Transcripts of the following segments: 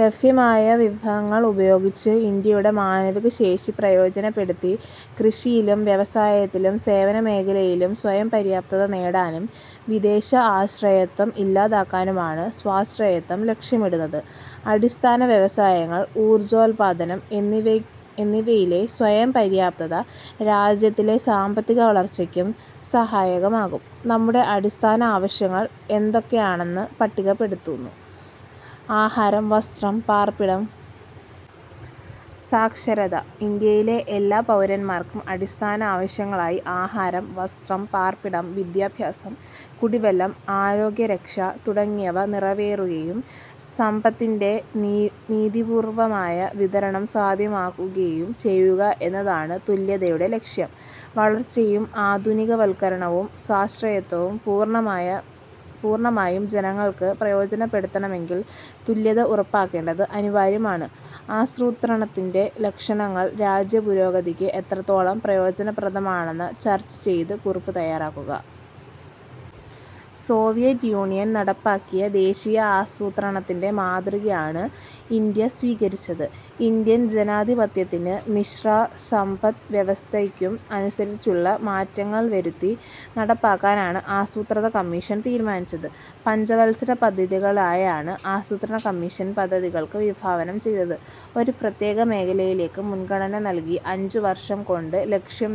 ലഭ്യമായ വിഭവങ്ങൾ ഉപയോഗിച്ച് ഇന്ത്യയുടെ മാനവശേഷി പ്രയോജനപ്പെടുത്തി കൃഷിയിലും വ്യവസായത്തിലും സേവനമേഖലയിലും സ്വയംപര്യാപ്തത നേടാനും വിദേശ ആശ്രയത്വം ഇല്ലാതാക്കാനുമാണ് സ്വാശ്രയത്വം ലക്ഷ്യമിടുന്നത്. അടിസ്ഥാന വ്യവസായങ്ങൾ, ഊർജോൽപ്പാദനം എന്നിവയിലെ സ്വയം പര്യാപ്തത രാജ്യത്തെ സാമ്പത്തികവളർച്ചയ്ക്കും സഹായകമാവും. നമ്മുടെ അടിസ്ഥാന ആവശ്യങ്ങൾ എന്തെല്ലാമാണെന്ന് പട്ടികപ്പെടുത്തു. ആഹാരം. വസ്ത്രം. പാർപ്പിടം. സാക്ഷരത. ഇന്ത്യയിലെ എല്ലാ പൗരന്മാർക്കും അടിസ്ഥാന ആവശ്യങ്ങളായ ആഹാരം, വസ്ത്രം, പാർപ്പിടം, വിദ്യാഭ്യാസം, കുടിവെള്ളം, ആരോഗ്യരക്ഷ തുടങ്ങിയവ നിറവേറുകയും സമ്പത്തിന്റെ നീതിപൂർവമായ വിതരണം സാധ്യമാവുകയും ചെയ്യുക എന്നതാണ് തുല്യതയുടെ ലക്ഷ്യം. വളർച്ചയും ആധുനികവൽക്കരണവും സ്വാശ്രയത്വവും പൂർണമായും ജനങ്ങൾക്ക് പ്രയോജനപ്പെടുത്തണമെങ്കിൽ തുല്യത ഉറപ്പാക്കേണ്ടത് അനിവാര്യമാണ്. ആസൂത്രണത്തിന്റെ ലക്ഷ്യങ്ങൾ രാജ്യപുരോഗതിക്ക് എത്രത്തോളം പ്രയോജനപ്രദമാണെന്നു ചർച്ച ചെയ്തു കുറിപ്പു തയാറാക്കൂ. സോവിയറ്റ് യൂണിയനിൽ നടപ്പാക്കിയ ദേശീയ ആസൂത്രണത്തിന്റെ മാതൃകയാണ് ഇന്ത്യ സ്വീകരിച്ചത്. ഇന്ത്യൻ ജനാധിപത്യത്തിനും മിശ്ര സമ്പദ് വ്യവസ്ഥയ്ക്കും അനുസരിച്ചുള്ള മാറ്റങ്ങൾ വരുത്തി നടപ്പാക്കാനാണ് ആസൂത്രണ കമ്മീഷൻ തീരുമാനിച്ചത്. പഞ്ചവൽസര പദ്ധതികളായാണ് ആസൂത്രണ കമ്മീഷൻ പദ്ധതികൾ വിഭാവനം ചെയ്തത്. ഒരു പ്രത്യേക മേഖലയ്ക്ക് മുൻഗണന നൽകി അഞ്ചുവർഷം കൊണ്ട് ലക്ഷ്യം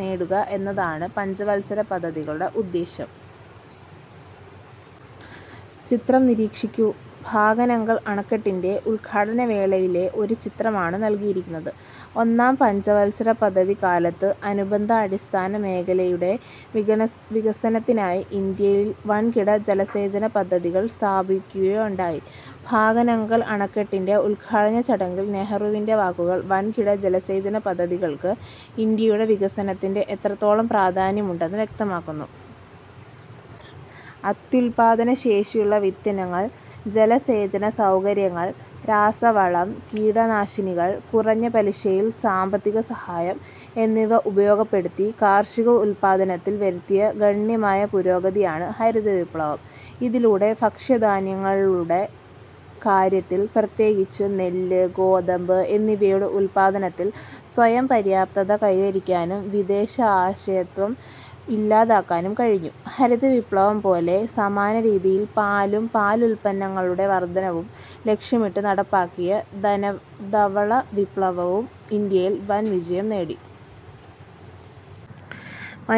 നേടുക എന്നതാണ് പഞ്ചവത്സര പദ്ധതികളുടെ ഉദ്ദേശ്യം. ചിത്രം നിരീക്ഷിക്കൂ. ഭകാനംഗൽ അണക്കെട്ടിന്റെ ഉൽഘാടന വേളയിലെ ഒരു ചിത്രമാണ് നൽകിയിരിക്കുന്നത്. ഒന്നാം പഞ്ചവത്സരപദ്ധതിക്കാലത്ത് അനുബന്ധ അടിസ്ഥാന മേഖലയുടെ വികസനത്തിനായി ഇന്ത്യയിൽ വൻകിട ജലസേചന പദ്ധതികൾ സ്ഥാപിക്കുകയുണ്ടായി. ഭകാനംഗൽ അണക്കെട്ടിന്റെ ഉദ്ഘാടന ചടങ്ങിലെ നെഹ്റുവിന്റെ വാക്കുകൾ വൻകിട ജലസേചനപദ്ധതികൾക്ക് ഇന്ത്യയുടെ വികസനത്തിൽ എത്രത്തോളം പ്രാധാന്യമുണ്ടെന്ന് വ്യക്തമാക്കുന്നു. അത്യുൽപ്പാദനശേഷിയുള്ള വിത്തിനങ്ങൾ, ജലസേചനസൗകര്യങ്ങൾ, രാസവളം, കീടനാശിനികൾ, കുറഞ്ഞ പലിശയിൽ സാമ്പത്തികസഹായം എന്നിവ ഉപയോഗപ്പെടുത്തി കാർഷിക ഉൽപ്പാദനത്തിൽ വരുത്തിയ ഗണ്യമായ പുരോഗതിയാണ് ഹരിതവിപ്ലവം. ഇതിലൂടെ ഭക്ഷ്യധാന്യങ്ങളുടെ കാര്യത്തിൽ, പ്രത്യേകിച്ച് നെല്ല്, ഗോതമ്പ് എന്നിവയുടെ ഉല്പാദനത്തിൽ സ്വയംപര്യാപ്തത കൈവരിക്കാനും വിദേശ ആശയത്വം ഇല്ലാതാക്കാനും കഴിഞ്ഞു. ഹരിതവിപ്ലവം പോലെ സമാനരീതിയിൽ പാലും പാലുൽപ്പന്നങ്ങളുടെ വർധനവും ലക്ഷ്യമിട്ട് നടപ്പാക്കിയ ധവളവിപ്ലവവും ഇന്ത്യയിൽ വൻവിജയം നേടി.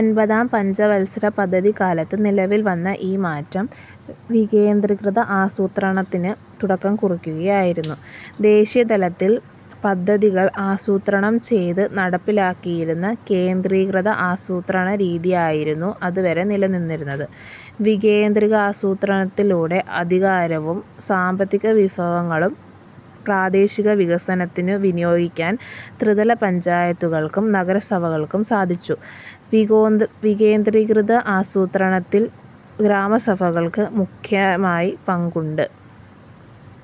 ഒമ്പതാം പഞ്ചവൽസരപദ്ധതിക്കാലത്തു നിലവിൽ വന്ന ഈ മാറ്റം വികേന്ദ്രീകൃത ആസൂത്രണത്തിന് തുടക്കം കുറിക്കലായിരുന്നു. ദേശീയതലത്തിൽ പദ്ധതികൾ ആസൂത്രണം ചെയ്തു നടപ്പാക്കിയിരുന്ന കേന്ദ്രീകൃത ആസൂത്രണരീതിയായിരുന്നു അതുവരെ നിലനിന്നിരുന്നത്. വികേന്ദ്രീകൃതാസൂത്രണത്തിലൂടെ, അധികാരവും സാമ്പത്തികവിഭവങ്ങളും പ്രാദേശിക വികസനത്തിനു വിനിയോഗിക്കാൻ ത്രിതല പഞ്ചായത്തുകൾക്കും നഗരസഭകൾക്കും സാധിച്ചു. വികേന്ദ്രീകൃത ആസൂത്രണത്തിൽ ഗ്രാമസഭകൾക്ക് മുഖ്യമായ പങ്കുണ്ട്.